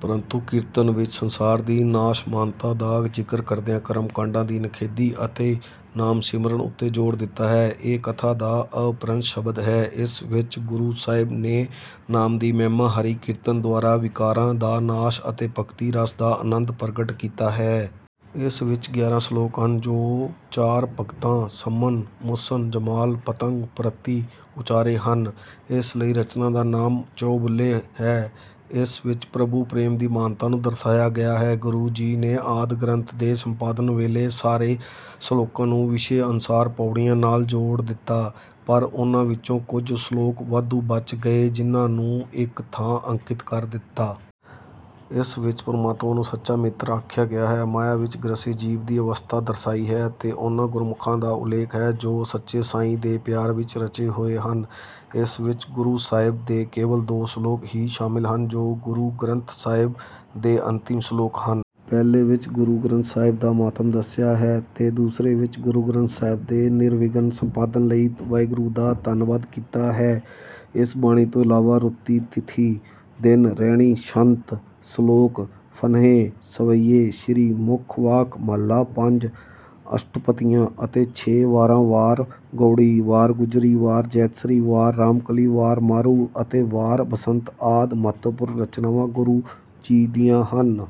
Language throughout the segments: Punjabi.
ਪਰੰਤੂ ਕੀਰਤਨ ਵਿੱਚ ਸੰਸਾਰ ਦੀ ਨਾਸ਼ਮਾਨਤਾ ਦਾ ਜ਼ਿਕਰ ਕਰਦਿਆਂ ਕਰਮ ਕਾਂਡਾਂ ਦੀ ਨਿਖੇਧੀ ਅਤੇ ਨਾਮ ਸਿਮਰਨ ਉੱਤੇ ਜ਼ੋਰ ਦਿੱਤਾ ਹੈ। ਇਹ ਕਥਾ ਦਾ ਅਪਭ੍ਰੰਸ਼ ਸ਼ਬਦ ਹੈ। ਇਸ ਵਿੱਚ ਗੁਰੂ ਸਾਹਿਬ ਨੇ ਨਾਮ ਦੀ ਮਹਿਮਾ ਹਰੀ ਕੀਰਤਨ ਦੁਆਰਾ ਵਿਕਾਰਾਂ ਦਾ ਨਾਸ਼ ਅਤੇ ਭਗਤੀ ਰਸ ਦਾ ਆਨੰਦ ਪ੍ਰਗਟ ਕੀਤਾ ਹੈ। ਇਸ ਵਿੱਚ ਗਿਆਰਾਂ ਸਲੋਕ ਹਨ, ਜੋ ਚਾਰ ਭਗਤਾਂ ਸੰਮਨ, ਮੂਸਨ, ਜਮਾਲ, ਪਤੰਗ ਪ੍ਰਤੀ ਉਚਾਰੇ ਹਨ। ਇਸ ਲਈ ਰਚਨਾ ਦਾ ਨਾਮ ਚਉਬੋਲੇ ਹੈ। ਇਸ ਵਿੱਚ ਪ੍ਰਭੂ ਪ੍ਰੇਮ ਦੀ ਮਹਾਨਤਾ ਨੂੰ ਦਰਸਾਇਆ ਗਿਆ ਹੈ। ਗੁਰੂ ਜੀ ਨੇ ਆਦਿ ਗ੍ਰੰਥ ਦੇ ਸੰਪਾਦਨ ਵੇਲੇ ਸਾਰੇ ਸਲੋਕਾਂ ਨੂੰ ਵਿਸ਼ੇ ਅਨੁਸਾਰ ਪੌੜੀਆਂ ਨਾਲ ਜੋੜ ਦਿੱਤਾ, ਪਰ ਉਨ੍ਹਾਂ ਵਿੱਚੋਂ ਕੁਝ ਸਲੋਕ ਵਾਧੂ ਬਚ ਗਏ, ਜਿਹਨਾਂ ਨੂੰ ਇੱਕ ਥਾਂ ਅੰਕਿਤ ਕਰ ਦਿੱਤਾ। ਇਸ ਵਿੱਚ ਪਰਮਾਤਮਾ ਨੂੰ ਸੱਚਾ ਮਿੱਤਰ ਆਖਿਆ ਗਿਆ ਹੈ। ਮਾਇਆ ਵਿੱਚ ਗ੍ਰਸੇ ਜੀਵ ਦੀ ਅਵਸਥਾ ਦਰਸਾਈ ਹੈ ਤੇ ਉਨ੍ਹਾਂ ਗੁਰਮੁਖਾਂ ਦਾ ਉਲੇਖ ਹੈ, ਜੋ ਸੱਚੇ ਸਾਈਂ ਦੇ ਪਿਆਰ ਵਿੱਚ ਰਚੇ ਹੋਏ ਹਨ। ਇਸ ਵਿੱਚ ਗੁਰੂ ਸਾਹਿਬ ਦੇ ਕੇਵਲ ਦੋ ਸਲੋਕ ਹੀ ਸ਼ਾਮਿਲ ਹਨ ਜੋ ਗੁਰੂ ਗ੍ਰੰਥ ਸਾਹਿਬ ਦੇ ਅੰਤਿਮ ਸਲੋਕ ਹਨ। ਪਹਿਲੇ ਵਿੱਚ ਗੁਰੂ ਗ੍ਰੰਥ ਸਾਹਿਬ ਦਾ ਮਹਾਤਮ ਦੱਸਿਆ ਹੈ ਤੇ ਦੂਸਰੇ ਵਿੱਚ ਗੁਰੂ ਗ੍ਰੰਥ ਸਾਹਿਬ ਦੇ ਨਿਰਵਿਘਨ ਸੰਪਾਦਨ ਲਈ ਵਾਹਿਗੁਰੂ ਦਾ ਧੰਨਵਾਦ ਕੀਤਾ ਹੈ। ਇਸ ਬਾਣੀ ਤੋਂ ਇਲਾਵਾ ਰੁਤੀ, ਥਿਤੀ, ਦਿਨ ਰੈਣਿ, ਛੰਤ, ਸਲੋਕ ਫੁਨਹੇ, ਸਵਯੇ ਸ੍ਰੀ ਮੁਖਵਾਕ ਮਹਲਾ ਪੰਜ, ਅਸ਼ਟਪਦੀਆਂ ਅਤੇ ਛੇ ਵਾਰਾਂ ਵਾਰ ਗਉੜੀ, ਵਾਰ ਗੂਜਰੀ, ਵਾਰ ਜੈਤਸਰੀ, ਵਾਰ ਰਾਮਕਲੀ, ਵਾਰ ਮਾਰੂ ਅਤੇ ਵਾਰ ਬਸੰਤ ਆਦਿ ਮਹੱਤਵਪੂਰਨ ਰਚਨਾਵਾਂ ਗੁਰੂ ਜੀ ਦੀਆਂ ਹਨ।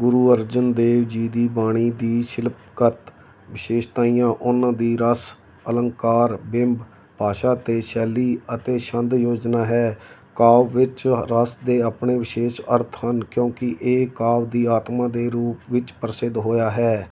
ਗੁਰੂ ਅਰਜਨ ਦੇਵ ਜੀ ਦੀ ਬਾਣੀ ਦੀ ਸ਼ਿਲਪਗਤ ਵਿਸ਼ੇਸਤਾਈਆਂ ਉਨ੍ਹਾਂ ਦੀ ਰਸ, ਅਲੰਕਾਰ, ਬਿੰਬ, ਭਾਸ਼ਾ ਤੇ ਸ਼ੈਲੀ ਅਤੇ ਛੰਦ ਯੋਜਨਾ ਹੈ। ਕਾਵਿ ਵਿੱਚ ਰਸ ਦੇ ਆਪਣੇ ਵਿਸ਼ੇਸ਼ ਅਰਥ ਹਨ, ਕਿਉਂਕਿ ਇਹ ਕਾਵਿ ਦੀ ਆਤਮਾ ਦੇ ਰੂਪ ਵਿੱਚ ਪ੍ਰਸਿੱਧ ਹੋਇਆ ਹੈ।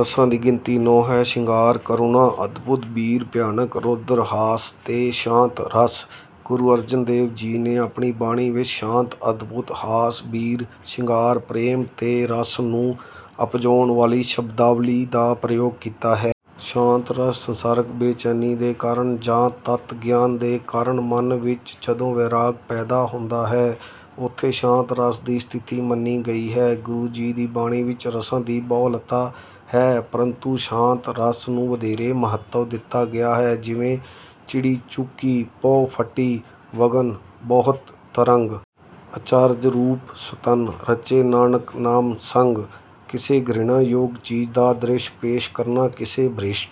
ਰਸਾਂ ਦੀ ਗਿਣਤੀ ਨੌਂ ਹੈ। ਸ਼ਿੰਗਾਰ, ਕਰੁਣਾ, ਅਦਭੁਤ, ਬੀਰ, ਭਿਆਨਕ, ਰੌਦਰ, ਹਾਸ ਤੇ ਸ਼ਾਂਤ ਰਸ। ਗੁਰੂ ਅਰਜਨ ਦੇਵ ਜੀ ਨੇ ਆਪਣੀ ਬਾਣੀ ਵਿੱਚ ਸ਼ਾਂਤ, ਅਦਭੁਤ, ਹਾਸ, ਬੀਰ, ਸ਼ਿੰਗਾਰ, ਪ੍ਰੇਮ ਤੇ ਰਸ ਨੂੰ ਉਪਜਾਉਣ ਵਾਲੀ ਸ਼ਬਦਾਵਲੀ ਦਾ ਪ੍ਰਯੋਗ ਕੀਤਾ ਹੈ। ਸ਼ਾਂਤ ਰਸ ਸੰਸਾਰਕ ਬੇਚੈਨੀ ਦੇ ਕਾਰਨ ਜਾਂ ਤੱਤ ਗਿਆਨ ਦੇ ਕਾਰਨ ਮਨ ਵਿੱਚ ਜਦੋਂ ਵੈਰਾਗ ਪੈਦਾ ਹੁੰਦਾ ਹੈ, ਉੱਥੇ ਸ਼ਾਂਤ ਰਸ ਦੀ ਸਥਿਤੀ ਮੰਨੀ ਗਈ ਹੈ। ਗੁਰੂ ਜੀ ਦੀ ਬਾਣੀ ਵਿੱਚ ਰਸਾਂ ਦੀ ਬਹੁਲਤਾ ਹੈ ਪਰੰਤੂ ਸ਼ਾਂਤ ਰਸ ਨੂੰ ਵਧੇਰੇ ਮਹੱਤਵ ਦਿੱਤਾ ਗਿਆ ਹੈ ਜਿਵੇਂ ਚਿੜੀ ਚੂਹਕੀ ਪਹੁ ਫਟੀ ਵਗਨਿ ਬਹੁਤ ਤਰੰਗ। ਅਚਾਰਜ ਰੂਪ ਸੰਤਨ ਰਚੇ ਨਾਨਕ ਨਾਮਹਿ ਸੰਗ। ਕਿਸੇ ਘ੍ਰਿਣਾ ਯੋਗ ਚੀਜ਼ ਦਾ ਦ੍ਰਿਸ਼ ਪੇਸ਼ ਕਰਨਾ, ਕਿਸੇ ਭ੍ਰਿਸ਼ਟ